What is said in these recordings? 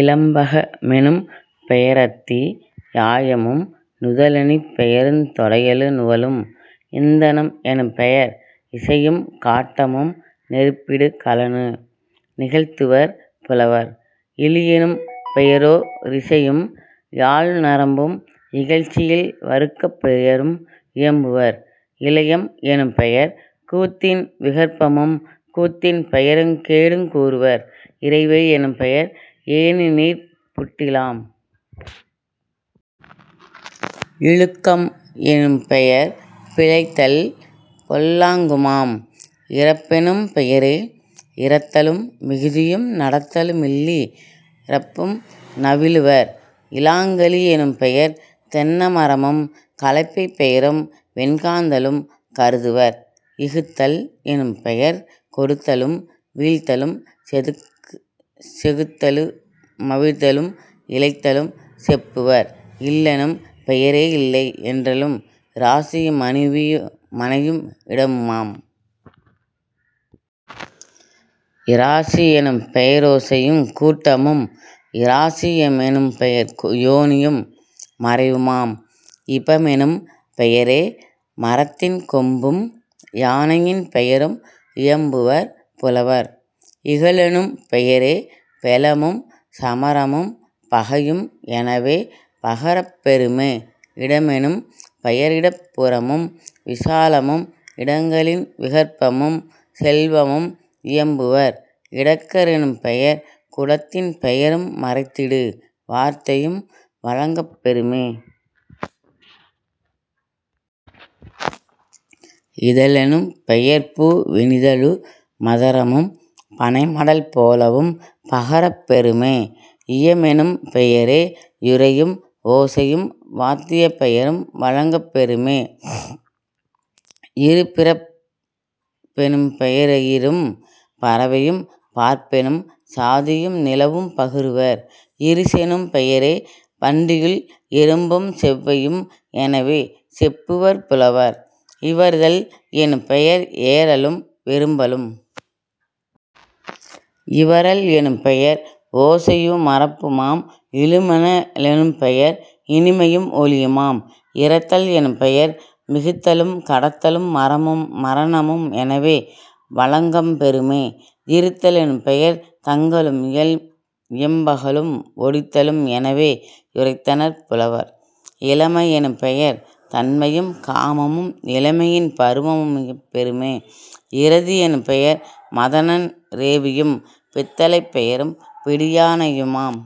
இலம்பக மெனும்பெய ரத்தி யாயமும் நுதலணிப் பெயருந் தொடையலு நுவலும்..... இந்தனம் எனும்பெயர் இசையும் காட்டமும் நெருப்பிடு கலனு நிகழ்த்துவர் புலவர்..... இளியெனும் பெயரோ ரிசையும் யாழ்நரம்பும் இகழ்ச்சியில் வருக்கப் பெயரும் இயம்புவர்..... இலையம் எனும்பெயர் கூத்தின் விகற்பமும் கூத்தின் பெயருங் கேடுங் கூறுவர்..... இறைவை யெனும்பெயர் ஏணிநீர்ப் புட்டிலாம்..... இழுக்கம் எனும்பெயர் பிழைத்தல் பொல்லாங்குமாம்..... இறப்பெனும் பெயரே யிறத்தலும் மிகுதியும் நடத்தலு மில்லி றப்பும் நவிலுவர்..... இலாங்கலி யெனும்பெயர் தென்ன மரமும் கலப்பைப் பெயரும் வெண்காந்தளும் கருதுவர்..... இகுத்தல் எனும்பெயர் கொடுத்தலும் வீழ்த்தலும் செகுத்தலு மவிர்தலும் இளைத்தலும் செப்புவர்..... இல்லெனும் பெயரே யில்லை யென்றலும் இராசியு மனைவியு மனையும் இடமுமாம்..... இராசி யெனும்பெய ரோசையுங் கூட்டமும்..... இராசிய மெனும்பெயர் யோனியும் மறைவுமாம்..... இபமெனும் பெயரே மரத்தின் கொம்பும்। யானையின் பெயரும் இயம்புவர் புலவர்..... இகலெனும் பெயரே பெலமும் சமரமும் பகையும் எனவே பகரப் பெறுமே..... இடமெனும் பெயரிடப் புறமும் விசாலமும் இடங்களின் விகற்பமும் செல்வமும் இயம்புவர்..... இடக்க ரெனும்பெயர் குடத்தின் பெயரும் மறைத்திடு வார்த்தையும் வழங்கப் பெறுமே..... இதழெனும் பெயர்பூ வினிதழு மதரமும் பனைமடல் போலவும் பகரப் பெறுமே..... இயமெனும் பெயரே யுரையும் ஓசையும் வாத்தியப் பெயரும் வழங்கப் பெறுமே..... இருபிறப் பெனும்பெய ரெயிறும் பறவையும் பார்ப்பெனும் சாதியும் நிலவும் பகருவர்..... இருசெனும் பெயரே பண்டியுள் இரும்பும் செவ்வையும் எனவே செப்புவர் புலவர்..... இவர்தல் எனும்பெயர் ஏறலும் விரும்பலும்..... இவறல் எனும்பெயர் ஓசையு மறப்புமாம்..... இழுமென லெனும்பெயர் இனிமையும் ஒலியுமாம்..... இறத்தல் எனும்பெயர் மிகுத்தலும் கடத்தலும் மரணமும் எனவே வழங்கப் பெறுமே..... இறுத்த லெனும்பெயர் தங்கலும் இயம்பலும் ஒடித்தலும் எனவே யுரைத்தனர் புலவர்..... இளமை யெனும்பெயர் தண்மையும் காமமும் இளமையின் பருவமு பெறுமே..... இரதி யெனும்பெயர் மதனன் றேவியும் பித்தளைப் பெயரும் பிடியா னையுமாம்.....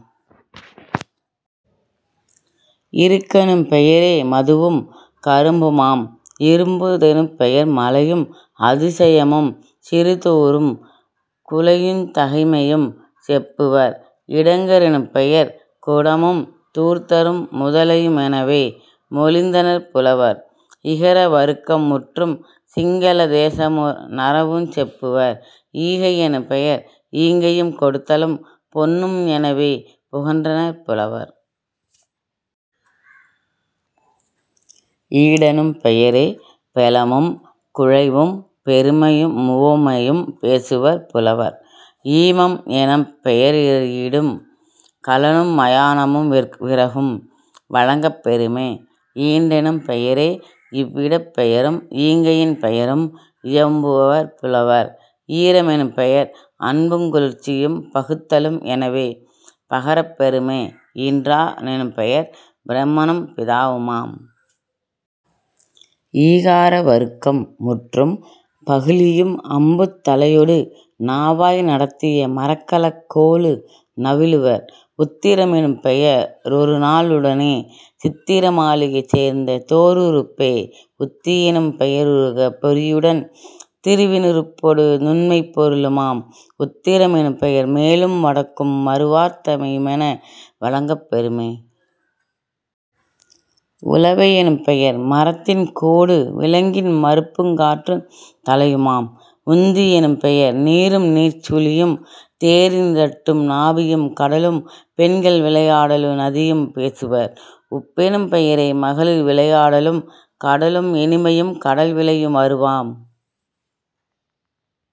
இருகெனும் பெயரே மதுவும் கரும்புமாம்..... இறும்பூ தெனும்பெயர் மலையும் அதிசயமும் சிறுதூறும் குழையுந் தகைமையும் செப்புவர்..... இடங்க ரெனும்பெயர் குடமும் தூர்த்தரும் முதலையு மெனவே மொழிந்தனர் புலவர்..... இகர வருக்கம் முற்றும். சிங்கள தேசமு நறவுஞ் செப்புவர்..... ஈகை யெனும்பெயர் ஈங்கையும் கொடுத்தலும் பொன்னும் எனவே புகன்றனர் புலவர்..... ஈடெனும் பெயரே பெலமும் குழைவும் பெருமையு முவமையும் பேசுவர் புலவர்..... ஈமம் எனும்பெய ரெரியிடு கலனும் மயானமும் விறகும் வழங்கப் பெறுமே..... ஈண்டெனும் பெயரே யிவ்விடப் பெயரும் ஈங்கையின் பெயரும் இயம்புவர் புலவர்..... ஈர மெனும்பெயர் அன்புங் குளிர்ச்சியும் பகுத்தலும் எனவே பகரப் பெறுமே..... ஈன்றா னெனும்பெயர் பிரமனும் பிதாவுமாம்..... ஈகார வருக்கம் முற்றும். பகழியும் அம்புத் தலையொடு நாவாய் நடத்திய மரக்கலக் கோலு நவிலுவர்..... உத்திர மெனும்பெய ரொருநா ளுடனே சித்திர மாளிகை சேர்ந்த தோருறுப்பே..... உத்தி யெனும் பெய ருரகப் பொறியுடன் திருவினு றுப்பொடு நுண்மைப் பொருளுமாம்..... உத்திர மெனும்பெயர் மேலும் வடக்கும் மறுவார்த் தையுமென வழங்கப்பெறுமே..... உலவை யெனும்பெயர் மரத்தின் கோடும் விலங்கின் மருப்புங் காற்றுந் தழையுமாம்..... உந்தி யெனும்பெயர் நீரும்நீர்ச் சுழியும் தேரின் றட்டும் நாபியும் கடலும் பெண்கள் விளையாடலு நதியும் பேசுவர்..... உப்பெனும் பெயரே மகளிர் விளையாடலும் கடலும் இனிமையும் கடல்விளையு வருமாம்...